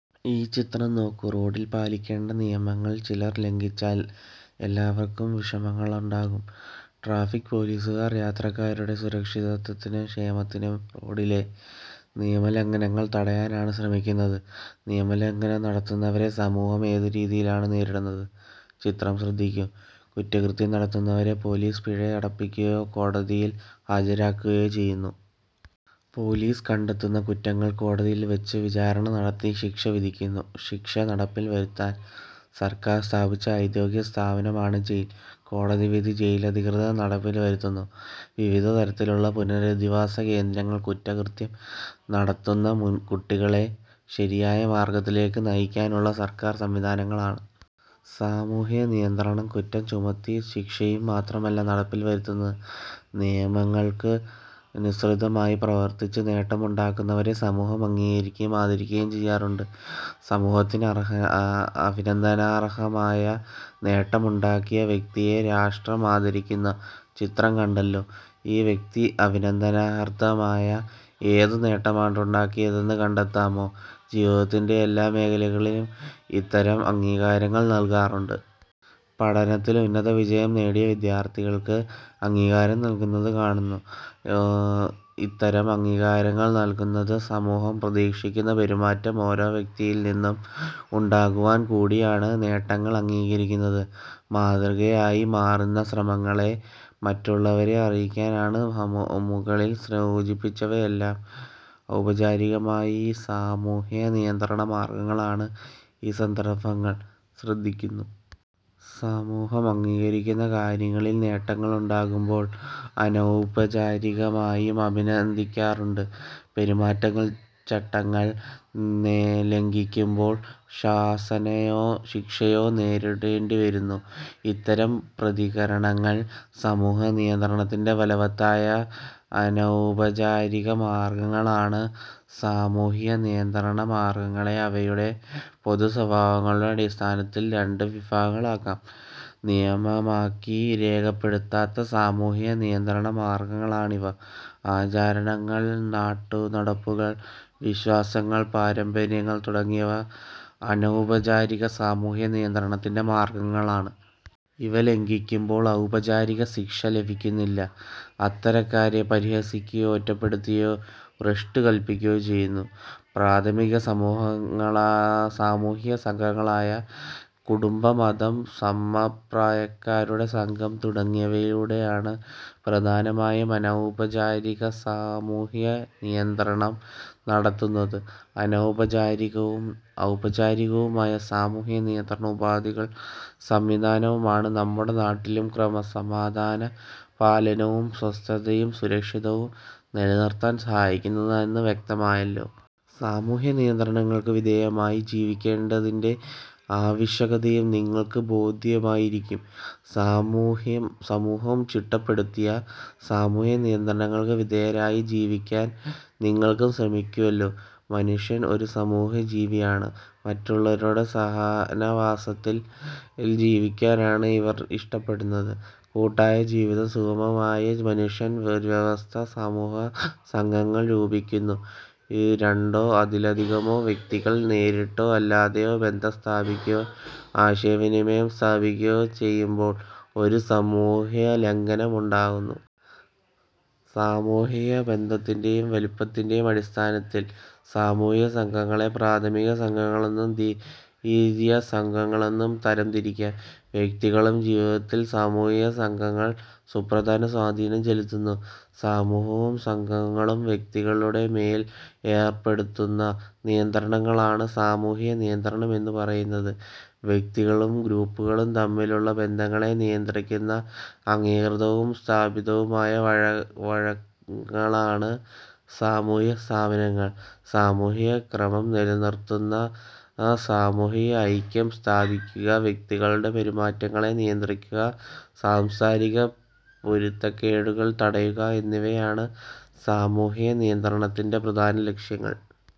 ഈ ചിത്രം നോക്കൂ. റോഡിൽ പാലി ക്കേണ്ട നിയമങ്ങൾ ചിലർ ലംഘിച്ചാൽ എല്ലാവർക്കും വിഷമങ്ങളുണ്ടാക്കും. ട്രാഫിക് പോലീസുകാർ യാത്രക്കാരുടെ സുരക്ഷിതത്വത്തിനും ക്ഷേമത്തിനും റോഡിലെ നിയമലംഘനങ്ങൾ തടയാനാണ് ശ്രമിക്കുന്നത്. നിയമലംഘനം നടത്തുന്നവരെ സമൂഹം ഏതു രീതിയിലാണ് നേരിടുന്നത്? ചിത്രം ശ്രദ്ധിക്കൂ. കുറ്റകൃത്യം നടത്തുന്നവരെ പോലീസ് പിഴ അടപ്പിക്കുകയോ കോടതിയിൽ ഹാജരാക്കുകയോ ചെയ്യുന്നു. പോലീസ് കണ്ടെത്തുന്ന കുറ്റങ്ങൾ കോടതിയിൽ വച്ച് വിചാരണ നടത്തി ശിക്ഷ വിധിക്കുന്നു. ശിക്ഷ നടപ്പിൽ വരുത്താൻ സർക്കാർ സ്ഥാപിച്ച ഔദ്യോഗികസ്ഥാപനമാണ് ജയിൽ. കോടതിവിധി ജയിലധികൃതർ നടപ്പിൽ വരുത്തുന്നു. വിവിധ തരത്തിലുള്ള പുനരധിവാസ കേന്ദ്രങ്ങൾ കുറ്റകൃത്യം നടത്തുന്ന കുട്ടി കളെ ശരിയായ മാർഗത്തിലേക്ക് നയിക്കാനുള്ള സർക്കാർ സംവിധാനങ്ങളാണ്. സാമൂഹ്യനിയന്ത്രണം കുറ്റം ചുമത്തിയും ശിക്ഷയും മാത്രമല്ല നടപ്പിൽ വരുത്തുന്നത്. നിയമങ്ങൾക്കനുസൃതമായി പ്രവർത്തിച്ച് നേട്ടമുണ്ടാക്കുന്നവരെ സമൂഹം അംഗീകരിക്കുകയും ആദരിക്കുകയും ചെയ്യാറുണ്ട്. സമൂഹത്തിന് അഭിനന്ദനാർഹമായ നേട്ടമുണ്ടാക്കിയ വ്യക്തിയെ രാഷ്ട്രം ആദരി ക്കുന്ന ചിത്രം കണ്ടല്ലോ? ഈ വ്യക്തി അഭിനന്ദനാർത്തമായ ഏന്തു നേട്ടമാണ് ഉണ്ടാക്കിയതെന്ന് കണ്ടെത്താമോ? ജീവിതത്തിന്റെ എല്ലാ മേഖലകളിലും ഇത്തരം അംഗീകാരങ്ങൾ നൽകാറുണ്ട്. പഠനത്തിൽ ഉന്നതവിജയം നേടിയ വിദ്യാർഥികൾക്ക് അംഗീകാരം നൽകുന്നത് കാണുന്നു. ഇത്തരം അംഗീകാരങ്ങൾ നൽകുന്നത് സമൂഹം പ്രതീക്ഷിക്കുന്ന പെരുമാറ്റം ഓരോ വ്യക്തിയിൽ നിന്നും ഉണ്ടാകുവാൻ കൂടിയാണ്. നേട്ടങ്ങൾ അംഗീകരിക്കുന്നത് മാതൃകയായി മാറുന്ന ശ്രമങ്ങളെ മറ്റുള്ളവരെ അറിയിക്കാനാണ്. മുകളിൽ സൂചിപ്പിച്ചവയെല്ലാം ഔപചാരികമായി സാമൂഹ്യനിയന്ത്രണ മാർഗങ്ങളാണ്. ഈ സന്ദർഭങ്ങൾ ശ്രദ്ധിക്കുന്നു. സമൂഹം അംഗീകരിക്കുന്ന കാര്യങ്ങളിൽ നേട്ടങ്ങളുണ്ടാക്കുമ്പോൾ അനൗപചാരികമായും അഭിനന്ദിക്കാറുണ്ട്. പെരുമാറ്റങ്ങൾച്ചട്ടങ്ങൾ ലംഘിക്കുമ്പോൾ ശാസനയോ ശിക്ഷയോ നേരിടേണ്ടി വരുന്നു. ഇത്തരം പ്രതികരണങ്ങൾ സമൂഹ്യനിയന്ത്രണത്തിന്റെ ഫലവത്തായ അനൗപചാരിക മാർഗങ്ങളാണ്. സാമൂഹ്യനിയന്ത്രണ മാർഗങ്ങളെ അവയുടെ പൊതുസ്വഭാവങ്ങളുടെ അടിസ്ഥാനത്തിൽ രണ്ടു വിഭാഗങ്ങളാക്കാം. നിയമമാക്കി രേഖപ്പെടുത്താത്ത സാമൂഹ്യനിയന്ത്രണ മാർഗങ്ങളാണിവ. ആചാരണങ്ങൾ, നാട്ടുനടപ്പുകൾ, വിശ്വാസങ്ങൾ, പാരമ്പര്യങ്ങൾ തുടങ്ങിയവ അനൗപചാരിക സാമൂഹ്യനിയന്ത്രണത്തിന്റെ മാർഗങ്ങളാണ്. ഇവ ലംഘിക്കുമ്പോൾ ഔപചാരിക ശിക്ഷ ലഭിക്കുന്നില്ല. അത്തരക്കാരെ പരിഹസിക്കുകയോ ഒറ്റപ്പെടുത്തുകയോ ഭ്രഷ്ട് കൽപ്പിക്കുകയോ ചെയ്യുന്നു. പ്രാഥമിക സാമൂഹ്യസംഘങ്ങളായ കുടുംബം, മതം, സമപ്രായക്കാരുടെ സംഘം തുടങ്ങിയവയിലൂടെയാണ് പ്രധാനമായും അനൗപചാരിക സാമൂഹ്യനിയന്ത്രണം നടത്തുന്നത്. അനൗപചാരികവും ഔപചാരികവുമായ സാമൂഹ്യനിയന്ത്രണ ഉപാധികൾ സംവിധാനവുമാണ് നമ്മുടെ നാട്ടിലും ക്രമസമാധാന പാലനവും സ്വസ്ഥതയും സുരക്ഷിതവും നിലനിർത്താൻ സഹായിക്കുന്നതെന്ന് വ്യക്തമായല്ലോ. സാമൂഹ്യനിയന്ത്രണങ്ങൾക്കു വിധേയമായി ജീവിക്കേണ്ടതിന്റെ ആവശ്യകതയും നിങ്ങൾക്ക് ബോധ്യമായിരിക്കും. സമൂഹം ചിട്ടപ്പെടുത്തിയ സാമൂഹ്യനിയന്ത്രണങ്ങൾക്ക് വിധേയരായി ജീവിക്കാൻ നിങ്ങൾക്കും ശ്രമിക്കുമല്ലോ. മനുഷ്യൻ ഒരു സമൂഹജീവിയാണ്. മറ്റുള്ളവരുടെ സഹനവാസത്തിൽ ജീവിക്കാനാണ് ഇവർ ഇഷ്ടപ്പെടുന്നത്. കൂട്ടായ ജീവിതം സുഗമമായ മനുഷ്യൻ വ്യത്യസ്ത സമൂഹസംഘങ്ങൾ രൂപീകരിക്കുന്നു. രണ്ടോ അതിലധികമോ വ്യക്തികൾ നേരിട്ടോ അല്ലാതെയോ ബന്ധം സ്ഥാപിക്കുകയോ ആശയവിനിമയം സ്ഥാപിക്കുകയോ ചെയ്യുമ്പോൾ ഒരു സമൂഹ്യലംഘനംഉണ്ടാകുന്നു. സാമൂഹ്യബന്ധത്തിന്റെയും വലുപ്പത്തിന്റെയും അടിസ്ഥാനത്തിൽ സാമൂഹ്യസംഘങ്ങളെ പ്രാഥമികസംഘങ്ങളെന്നും ദ്വിതീയസംഘങ്ങളെന്നും തരംതിരിക്കാം. വ്യക്തികളും ജീവിതത്തിൽ സാമൂഹ്യസംഘങ്ങൾ സുപ്രധാന സ്വാധീനം ചെലുത്തുന്നു. സമൂഹവും സംഘങ്ങളും വ്യക്തികളുടെ മേൽ ഏർപ്പെടുത്തുന്ന നിയന്ത്രണങ്ങളാണ് സാമൂഹ്യനിയന്ത്രണം എന്നു പറയുന്നത്. വ്യക്തികളും ഗ്രൂപ്പുകളും തമ്മിലുള്ള ബന്ധങ്ങളെ നിയന്ത്രിക്കുന്ന അംഗീകൃതവും സ്ഥാപിതവുമായ വഴക്കങ്ങളാണ് സാമൂഹ്യസ്ഥാപനങ്ങൾ. സാമൂഹ്യക്രമം നിലനിർത്തുന്ന സാമൂഹ്യ ഐക്യം സ്ഥാപിക്കുക, വ്യക്തികളുടെ പെരുമാറ്റങ്ങളെ നിയന്ത്രിക്കുക, സാംസ്കാരിക പൊരുത്തക്കേടുകൾ തടയുക എന്നിവയാണ് സാമൂഹ്യ നിയന്ത്രണത്തിന്റെ പ്രധാന ലക്ഷ്യങ്ങൾ.